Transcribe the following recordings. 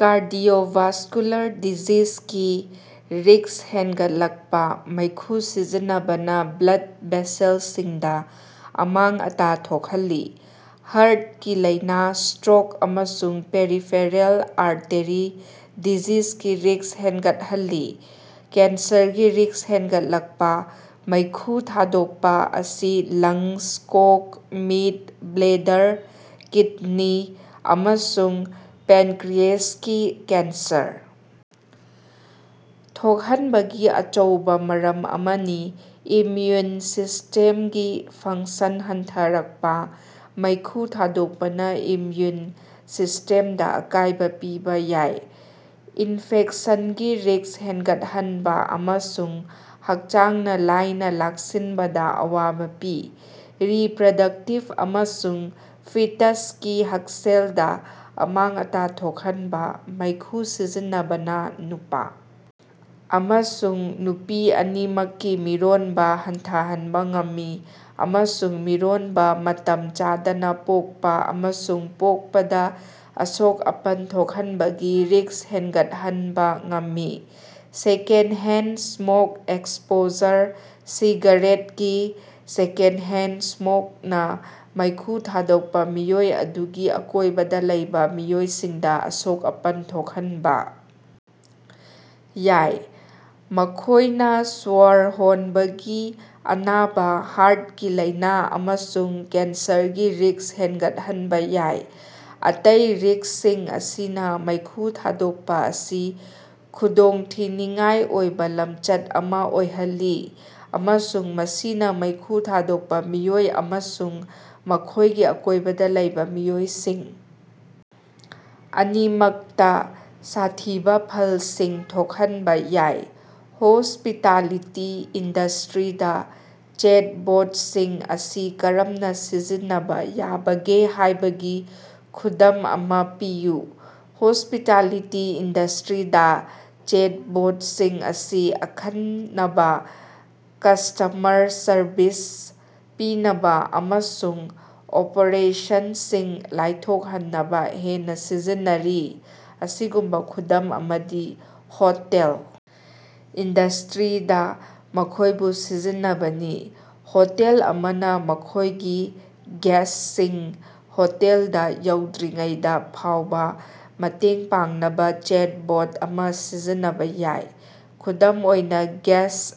Cardiovascular ꯗꯤꯖꯤꯖꯒꯤ risk ꯍꯦꯟꯒꯠꯂꯛꯄꯥ: ꯃꯩꯈꯨ ꯁꯤꯖꯤꯟꯅꯕꯅ ꯕ꯭ꯂꯗ ꯚꯦꯁꯦꯜꯁꯤꯡꯗ ꯑꯃꯥꯡ-ꯑꯇꯥ ꯊꯣꯛꯍꯜꯂꯤ, ꯍꯥꯔꯠꯀꯤ ꯂꯥꯏꯅꯥ, ꯁ꯭ꯇꯔꯣꯛ ꯑꯃꯁꯨꯡ ꯄꯦꯔꯤꯐꯦꯔꯦꯜ ꯑꯥꯔꯇꯦꯔꯤ ꯗꯤꯖꯤꯖꯒꯤ ꯔꯤꯛ꯭ꯁ ꯍꯦꯟꯒꯠꯍꯜꯂꯤ꯫ ꯀꯦꯟꯁꯔꯒꯤ ꯔꯤꯛ꯭ꯁ ꯍꯦꯟꯒꯠꯂꯛꯄꯥ: ꯃꯩꯈꯨ ꯊꯥꯗꯣꯛꯄ ꯑꯁꯤ ꯂꯪꯁ, ꯀꯣꯛ, ꯃꯤꯠ, ꯕ꯭ꯂꯦꯗꯔ, ꯀꯤꯗꯅꯤ, ꯑꯃꯁꯨꯡ ꯄꯦꯟꯀꯔꯤꯑꯦꯁꯀꯤ ꯀꯦꯟꯁꯔ ꯊꯣꯛꯍꯟꯕꯒꯤ ꯑꯆꯧꯕ ꯃꯔꯝ ꯑꯃꯅꯤ꯫ ꯏꯝꯃꯌꯨꯟ ꯁꯤꯁ꯭ꯇꯦꯝꯒꯤ ꯐꯪꯁꯟ ꯍꯟꯊꯔꯛꯄꯥ: ꯃꯩꯈꯨ ꯊꯥꯗꯣꯛꯄꯅ ꯏꯝꯃ꯭ꯌꯨꯟ ꯁꯤꯁ꯭ꯇꯦꯝꯗ ꯑꯀꯥꯏꯕ ꯄꯤꯕ ꯌꯥꯏ, ꯏꯟꯐꯦꯛꯁꯟꯒꯤ ꯔꯤꯛ꯭ꯁ ꯍꯦꯟꯒꯠꯍꯟꯕ ꯑꯃꯁꯨꯡ ꯍꯛꯆꯥꯡꯅ ꯂꯥꯏꯅ ꯂꯥꯛꯁꯤꯟꯕꯗ ꯑꯋꯥꯕꯥ ꯄꯤ꯫ ꯔꯤꯄ꯭ꯔꯗꯛꯇꯤꯚ ꯑꯃꯁꯨꯡ ꯐꯤꯇꯁꯀꯤ ꯍꯛꯁꯦꯜꯗ ꯑꯃꯥꯡ-ꯑꯇꯥ ꯊꯣꯛꯍꯟꯕꯥ: ꯃꯩꯈꯨ ꯁꯤꯖꯤꯟꯅꯕꯅ ꯅꯨꯄꯥ ꯑꯃꯁꯨꯡ ꯅꯨꯄꯤ ꯑꯅꯤꯃꯛꯀꯤ ꯃꯤꯔꯣꯟꯕ ꯍꯟꯊꯍꯟꯕ ꯉꯝꯃꯤ ꯑꯃꯁꯨꯡ ꯃꯤꯔꯣꯟꯕꯥ, ꯃꯇꯝ ꯆꯥꯗꯅ ꯄꯣꯛꯄ ꯑꯃꯁꯨꯡ ꯄꯣꯛꯄꯗ ꯑꯁꯣꯛ-ꯑꯄꯟ ꯊꯣꯛꯍꯟꯕꯒꯤ ꯔꯤꯛ꯭ꯁ ꯍꯦꯟꯒꯠꯍꯟꯕ ꯉꯝꯃꯤ꯫ ꯁꯦꯀꯦꯟꯗꯍꯦꯟꯗ ꯁ꯭ꯃꯣꯛ ꯑꯦꯛꯁꯄꯣꯖꯔ: ꯁꯤꯒꯥꯔꯦꯠꯒꯤ ꯁꯦꯀꯦꯟꯗꯍꯦꯟꯗ ꯁ꯭ꯃꯣꯛꯅꯥ ꯃꯩꯈꯨ ꯊꯥꯗꯣꯛꯄ ꯃꯤꯑꯣꯏ ꯑꯗꯨꯒꯤ ꯑꯀꯣꯏꯕꯗ ꯂꯩꯕ ꯃꯤꯑꯣꯏꯁꯤꯡꯗ ꯑꯁꯣꯛ-ꯑꯄꯟ ꯊꯣꯛꯍꯟꯕ ꯌꯥꯏ, ꯃꯈꯣꯏꯅ ꯁ꯭ꯋꯔ ꯍꯣꯟꯕꯒꯤ ꯑꯅꯥꯕ, ꯍꯥꯔꯠꯀꯤ ꯂꯥꯏꯅ ꯑꯃꯁꯨꯡ ꯀꯦꯟꯁꯔꯒꯤ ꯔꯤꯛ꯭ꯁ ꯍꯦꯟꯒꯠꯍꯟꯕ ꯌꯥꯏ꯫ ꯑꯇꯩ ꯔꯤꯛꯁꯁꯤꯡ ꯑꯁꯤꯅ ꯃꯩꯈꯨ ꯊꯥꯗꯣꯛꯄ ꯑꯁꯤ ꯈꯨꯗꯣꯡꯊꯤꯅꯤꯉꯥꯏ ꯑꯣꯏꯕ ꯂꯝꯆꯠ ꯑꯃꯥ ꯑꯣꯏꯍꯜꯂꯤ ꯑꯃꯁꯨꯡ ꯃꯁꯤꯅ ꯃꯩꯈꯨ ꯊꯥꯗꯣꯛꯄ ꯃꯤꯑꯣꯏ ꯑꯃꯁꯨꯡ ꯃꯈꯣꯏꯒꯤ ꯑꯀꯣꯏꯕꯗ ꯂꯩꯕ ꯃꯤꯑꯣꯏꯁꯤꯡ ꯑꯅꯤꯃꯛꯇ ꯁꯥꯊꯤꯕ ꯐꯜꯁꯤꯡ ꯊꯣꯛꯍꯟꯕ ꯌꯥꯏ꯫ ꯍꯣꯁ꯭ꯄꯤꯇꯥꯂꯤꯇꯤ ꯏꯟꯗꯁ꯭ꯇꯔꯤꯗ ꯆꯦꯠꯕꯣꯠꯁꯤꯡ ꯑꯁꯤ ꯀꯔꯝꯅ ꯁꯤꯖꯤꯟꯅꯕ ꯌꯥꯕꯒꯦ ꯍꯥꯏꯕꯒꯤ ꯈꯨꯗꯝ ꯑꯃꯥ ꯄꯤꯌꯨ꯫ ꯍꯣꯁ꯭ꯄꯤꯇꯥꯂꯤꯇꯤ ꯏꯟꯗꯁ꯭ꯇꯔꯤꯗꯥ ꯆꯦꯠꯕꯣꯠꯁꯤꯡ ꯑꯁꯤ ꯑꯈꯟꯅꯕ ꯀꯁ꯭ꯇꯃꯔ ꯁꯔꯕꯤꯁ ꯄꯤꯅꯕ ꯑꯃꯁꯨꯡ ꯑꯣꯄꯔꯦꯁꯟꯁꯤꯡ ꯂꯥꯏꯊꯣꯛꯍꯟꯅꯕ ꯍꯦꯟꯅ ꯁꯤꯖꯤꯟꯅꯔꯤ꯫ ꯑꯁꯤꯒꯨꯝꯕ ꯈꯨꯗꯝ ꯑꯃꯗꯤ ꯍꯣꯇꯦꯜ ꯏꯟꯗꯁ꯭ꯇꯔꯤꯗ ꯃꯈꯣꯏꯕꯨ ꯁꯤꯖꯤꯟꯅꯕꯅꯤ꯫ ꯍꯣꯇꯦꯜ ꯑꯃꯅ ꯃꯈꯣꯏꯒꯤ ꯒꯦꯁ꯭ꯠꯁꯤꯡ ꯍꯣꯇꯦꯜꯗ ꯌꯧꯗ꯭ꯔꯤꯉꯩꯗ ꯐꯥꯎꯕ ꯃꯇꯦꯡ ꯄꯥꯡꯅꯕ ꯆꯦꯠꯕꯣꯠ ꯑꯃꯥ ꯁꯤꯖꯤꯟꯅꯕ ꯌꯥꯏ꯫ ꯈꯨꯗꯝ ꯑꯣꯏꯅ, ꯒꯦꯁ꯭ꯠ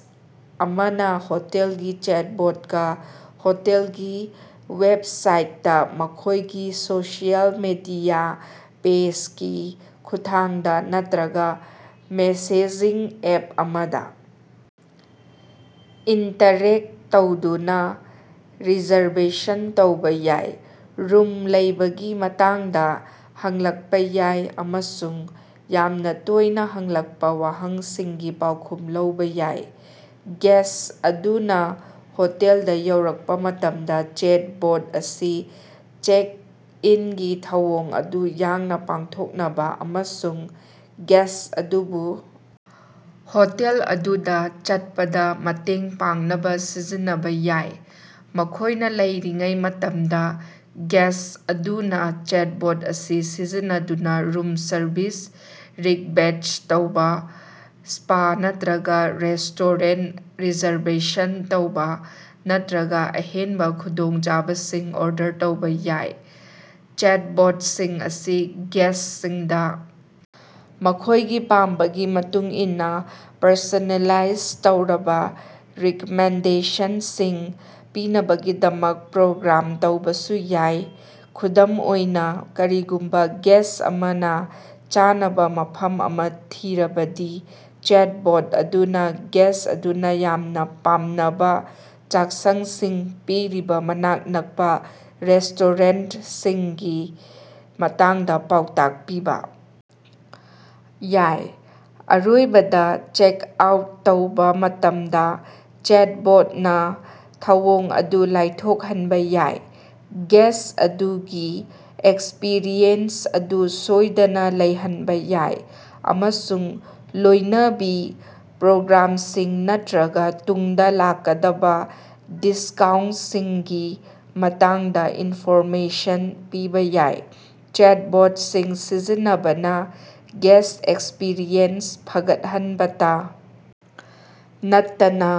ꯑꯃꯅ ꯍꯣꯇꯦꯜꯒꯤ ꯆꯦꯠꯕꯣꯠꯀꯥ ꯍꯣꯇꯦꯜꯒꯤ ꯋꯦꯕꯁꯥꯏꯠꯇ, ꯃꯈꯣꯏꯒꯤ ꯁꯣꯁꯤꯑꯦꯜ ꯃꯤꯗꯤꯌꯥ ꯄꯦꯖꯒꯤ ꯈꯨꯠꯊꯥꯡꯗ ꯅꯠꯇ꯭ꯔꯒ ꯃꯦꯁꯦꯖꯤꯡ ꯑꯦꯞ ꯑꯃꯗ ꯏꯟꯇꯔꯦꯛ ꯇꯧꯗꯨꯅ ꯔꯤꯖꯔꯕꯦꯁꯟ ꯇꯧꯕ ꯌꯥꯏ, ꯔꯨꯝ ꯂꯩꯕꯒꯤ ꯃꯇꯥꯡꯗ ꯍꯪꯂꯛꯄꯥ ꯌꯥꯏ ꯑꯃꯁꯨꯡ ꯌꯥꯝꯅ ꯇꯣꯏꯅ ꯍꯪꯂꯛꯄ ꯋꯥꯍꯪꯁꯤꯡꯒꯤ ꯄꯥꯎꯈꯨꯝ ꯂꯧꯕꯥ ꯌꯥꯏ꯫ ꯒꯦꯁ꯭ꯠ ꯑꯗꯨꯅ ꯍꯣꯇꯦꯜꯗꯥ ꯌꯧꯔꯛꯄ ꯃꯇꯝꯗ, ꯆꯦꯠꯕꯣꯠ ꯑꯁꯤ ꯆꯦꯛ-ꯏꯟꯒꯤ ꯊꯧꯑꯣꯡ ꯑꯗꯨ ꯌꯥꯡꯅ ꯄꯥꯡꯊꯣꯛꯅꯕ ꯑꯃꯁꯨꯡ ꯒꯦꯁ꯭ꯠ ꯑꯗꯨꯕꯨ ꯍꯣꯇꯦꯜ ꯑꯗꯨꯗ ꯆꯠꯄꯗ ꯃꯇꯦꯡ ꯄꯥꯡꯅꯕ ꯁꯤꯖꯤꯟꯅꯕ ꯌꯥꯏ꯫ ꯃꯈꯣꯏꯅ ꯂꯩꯔꯤꯉꯩ ꯃꯇꯝꯗ, ꯒꯦꯁ꯭ꯠ ꯑꯗꯨꯅ ꯆꯦꯠꯕꯣꯠ ꯑꯁꯤ ꯁꯤꯖꯤꯟꯅꯗꯨꯅ ꯔꯨꯝ ꯁꯔꯚꯤꯁ ꯔꯤꯛꯕꯦꯁ꯭ꯠ ꯇꯧꯕ, ꯁ꯭ꯄꯥ ꯅꯠꯇ꯭ꯔꯒ ꯔꯦꯁ꯭ꯇꯣꯔꯦꯟ ꯔꯤꯖꯔꯕꯦꯁꯟ ꯇꯧꯕ ꯅꯠꯇ꯭ꯔꯒ ꯑꯍꯦꯟꯕ ꯈꯨꯗꯣꯡꯆꯥꯕꯁꯤꯡ ꯑꯣꯔꯗꯔ ꯇꯧꯕꯥ ꯌꯥꯏ꯫ ꯆꯦꯠꯕꯣꯠꯁꯤꯡ ꯑꯁꯤ ꯒꯦꯁ꯭ꯠꯁꯤꯡꯗ ꯃꯈꯣꯏꯒꯤ ꯄꯥꯝꯕꯒꯤ ꯃꯇꯨꯡꯏꯟꯅ ꯄꯔꯁꯣꯅꯦꯂꯥꯏꯖ ꯇꯧꯔꯕ ꯔꯤꯀꯃꯦꯟꯗꯦꯁꯟꯁꯤꯡ ꯄꯤꯅꯕꯒꯤꯗꯃꯛ ꯄ꯭ꯔꯣꯒ꯭ꯔꯥꯝ ꯇꯧꯕꯁꯨ ꯌꯥꯏ꯫ ꯈꯨꯗꯝ ꯑꯣꯏꯅꯥ, ꯀꯔꯤꯒꯨꯝꯕ ꯒꯦꯁ꯭ꯠ ꯑꯃꯅ ꯆꯥꯅꯕ ꯃꯐꯝ ꯑꯃ ꯊꯤꯔꯕꯗꯤ, ꯆꯦꯠꯕꯣꯠ ꯑꯗꯨꯅ ꯒꯦꯁ꯭ꯠ ꯑꯗꯨꯅ ꯌꯥꯝꯅ ꯄꯥꯝꯅꯕ ꯆꯥꯛꯁꯪꯁꯤꯡ ꯄꯤꯔꯤꯕ ꯃꯅꯥꯛ ꯅꯛꯄ ꯔꯦꯁ꯭ꯇꯣꯔꯦꯟꯠꯁꯤꯡꯒꯤ ꯃꯇꯥꯡꯗ ꯄꯥꯎꯇꯥꯛ ꯄꯤꯕ ꯌꯥꯏ꯫ ꯑꯔꯣꯏꯕꯗ, ꯆꯦꯛꯑꯥꯎꯠ ꯇꯧꯕ ꯃꯇꯝꯗ, ꯆꯦꯠꯕꯣꯠꯅ ꯊꯧꯑꯣꯡ ꯑꯗꯨ ꯂꯥꯏꯊꯣꯛꯍꯟꯕ ꯌꯥꯏ, ꯒꯦꯁ꯭ꯠ ꯑꯗꯨꯒꯤ ꯑꯦꯛꯁꯄꯤꯔꯤꯑꯦꯟꯁ ꯑꯗꯨ ꯁꯣꯏꯗꯅ ꯂꯩꯍꯟꯕ ꯌꯥꯏ, ꯑꯃꯁꯨꯡ ꯂꯣꯏꯅꯕꯤ ꯄ꯭ꯔꯣꯒ꯭ꯔꯥꯝꯁꯤꯡ ꯅꯠꯇꯔꯒ ꯇꯨꯡꯗ ꯂꯥꯛꯀꯗꯕ ꯗꯤꯁꯀꯥꯎꯟꯠꯁꯤꯡꯒꯤ ꯃꯇꯥꯡꯗ ꯏꯟꯐꯣꯔꯃꯦꯁꯟ ꯄꯤꯕ ꯌꯥꯏ꯫ ꯆꯦꯠꯕꯣꯠꯁꯤꯡ ꯁꯤꯖꯤꯟꯅꯕꯅ ꯒꯦꯁ꯭ꯠ ꯑꯦꯛꯁꯄꯤꯔꯤꯑꯦꯟꯁ ꯐꯒꯠꯍꯟꯕꯇ ꯅꯠꯇꯅ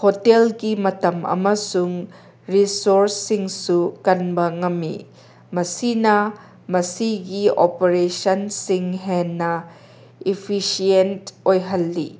ꯍꯣꯇꯦꯜꯒꯤ ꯃꯇꯝ ꯑꯃꯁꯨꯡ ꯔꯤꯁꯣꯔꯁꯁꯤꯡꯁꯨ ꯀꯟꯕ ꯉꯝꯃꯤ, ꯃꯁꯤꯅ ꯃꯁꯤꯒꯤ ꯑꯣꯄꯔꯦꯁꯟꯁꯤꯡ ꯍꯦꯟꯅ ꯏꯐꯤꯁꯤꯌꯦꯟꯠ ꯑꯣꯏꯍꯜꯂꯤ꯫